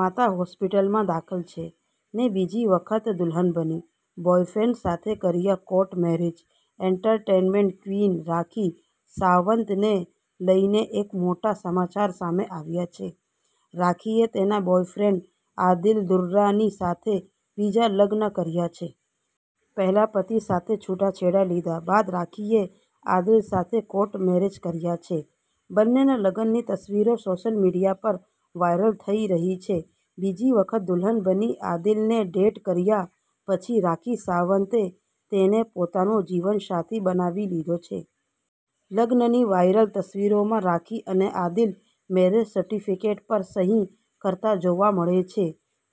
માતા હોસ્પિટલમાં દાખલ છે ને બીજી વખત દુલ્હન બની, બોયફ્રેન્ડ સાથે કર્યા court marriage .entertainment queen Rakhi Sawant ને લઈને એક મોટા સમાચાર સામે આવ્યા છે. રાખીએ તેના બોયફ્રેન્ડ આદિલ દુર્રા ની સાથે બીજા લગ્ન કર્યા છે. પહેલા પતિ સાથે છૂટાછેડા લીધા બાદ રાખીએ આદિલ સાથે કોર્ટ મેરેજ કર્યા છે. બંનેના લગ્નની તસવીરો સોશિયલ મીડિયા પર વાયરલ થઈ રહી છે. બીજી વખત દુલ્હન બની આદિલને ડેટ કર્યા પછી રાખી સાવંતે તેને પોતાનો જીવનસાથી બનાવી લીધો છે. લગ્નની વાયરલ તસવીરોમાં રાખી અને આદિલ મેરેજ સર્ટિફિકેટ પર સહી કરતા જોવા મળે છે.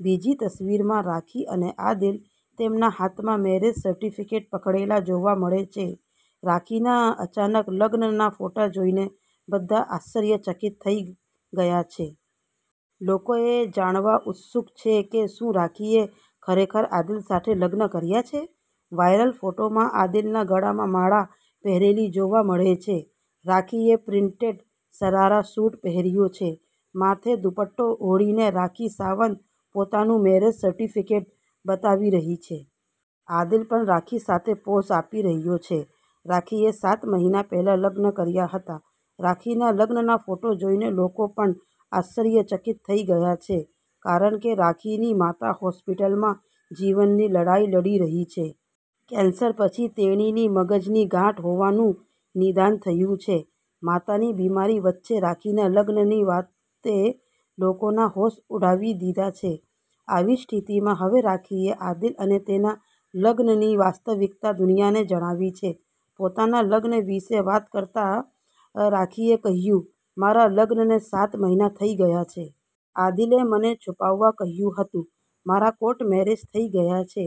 બીજી તસવીરમાં રાખી અને આદિલ તેમના હાથમાં મેરેજ સર્ટિફિકેટ પકડેલા જોવા મળે છે. રાખીના અચાનક લગ્નના ફોટા જોઈને બધા આશ્ચર્યચકિત થઈ ગયા છે. લોકો એ જાણવા ઉત્સુક છે કે શું રાખીએ ખરેખર આદિલ સાથે લગ્ન કર્યા છે? વાયરલ ફોટોમાં આદિલના ગળામાં માળા પહેરેલી જોવા મળે છે. રાખીએ પ્રિન્ટેડ શરારા સૂટ પહેર્યો છે. માથે દુપટ્ટો ઓઢીને રાખી સાવંત પોતાનું મેરેજ સર્ટિફિકેટ બતાવી રહી છે. આદિલ પણ રાખી સાથે પોઝ આપી રહ્યો છે. રાખીએ સાત મહિના પહેલા લગ્ન કર્યા હતા રાખીના લગ્નના ફોટા જોઈને લોકો પણ આશ્ચર્યચકિત થઈ ગયા છે કારણ કે રાખીની માતા હોસ્પિટલમાં જીવનની લડાઈ લડી રહી છે. કેન્સર પછી તેણીને મગજની ગાંઠ હોવાનું નિદાન થયું છે. માતાની બિમારી વચ્ચે રાખીના લગ્નની વાતે લોકોના હોશ ઉડાવી દીધા છે. આવી સ્થિતિમાં હવે રાખીએ આદિલ અને તેના લગ્નની વાસ્તવિકતા દુનિયાને જણાવી છે. પોતાના લગ્ન વિશે વાત કરતા રાખીએ કહ્યું,'મારા લગ્નને સાત મહિના થઈ ગયા છે. આદિલે મને છુપાવવા કહ્યું હતું. મારા કોર્ટ મેરેજ થઈ ગયા છે.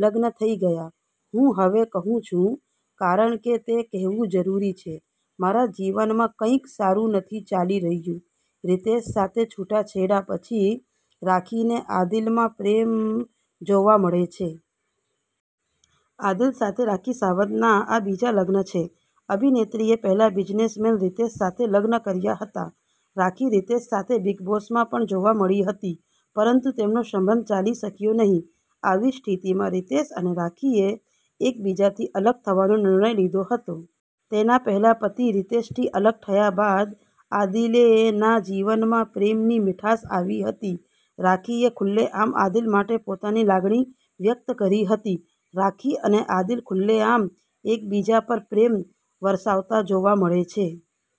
લગ્ન થઈ ગયા. હું હવે કહું છું, કારણ કે તે કહેવું જરૂરી છે. મારા જીવનમાં કંઈક સારું નથી ચાલી રહ્યું.' રિતેશ સાથે છૂટાછેડા પછી રાખીને આદિલમાં પ્રેમ જોવા મળે છે. આદિલ સાથે રાખી સાવંતના આ બીજા લગ્ન છે. અભિનેત્રીએ પહેલા બિઝનેસમેન રિતેશ સાથે લગ્ન કર્યા હતા. રાખી રિતેશ સાથે બિગ બોસમાં પણ જોવા મળી હતી, પરંતુ તેમનો સંબંધ ચાલી શક્યો નહીં. આવી સ્થિતિમાં રિતેશ અને રાખીએ એકબીજાથી અલગ થવાનો નિર્ણય લીધો હતો. તેના પહેલા પતિ રિતેશથી અલગ થયા બાદ આદિલે ના જીવનમાં પ્રેમની મીઠાશ આવી હતી. રાખીએ ખુલ્લેઆમ આદિલ માટે પોતાની લાગણી વ્યક્ત કરી હતી. રાખી અને આદિલ ખુલ્લેઆમ એકબીજા પર પ્રેમ વરસાવતા જોવા મળે છે.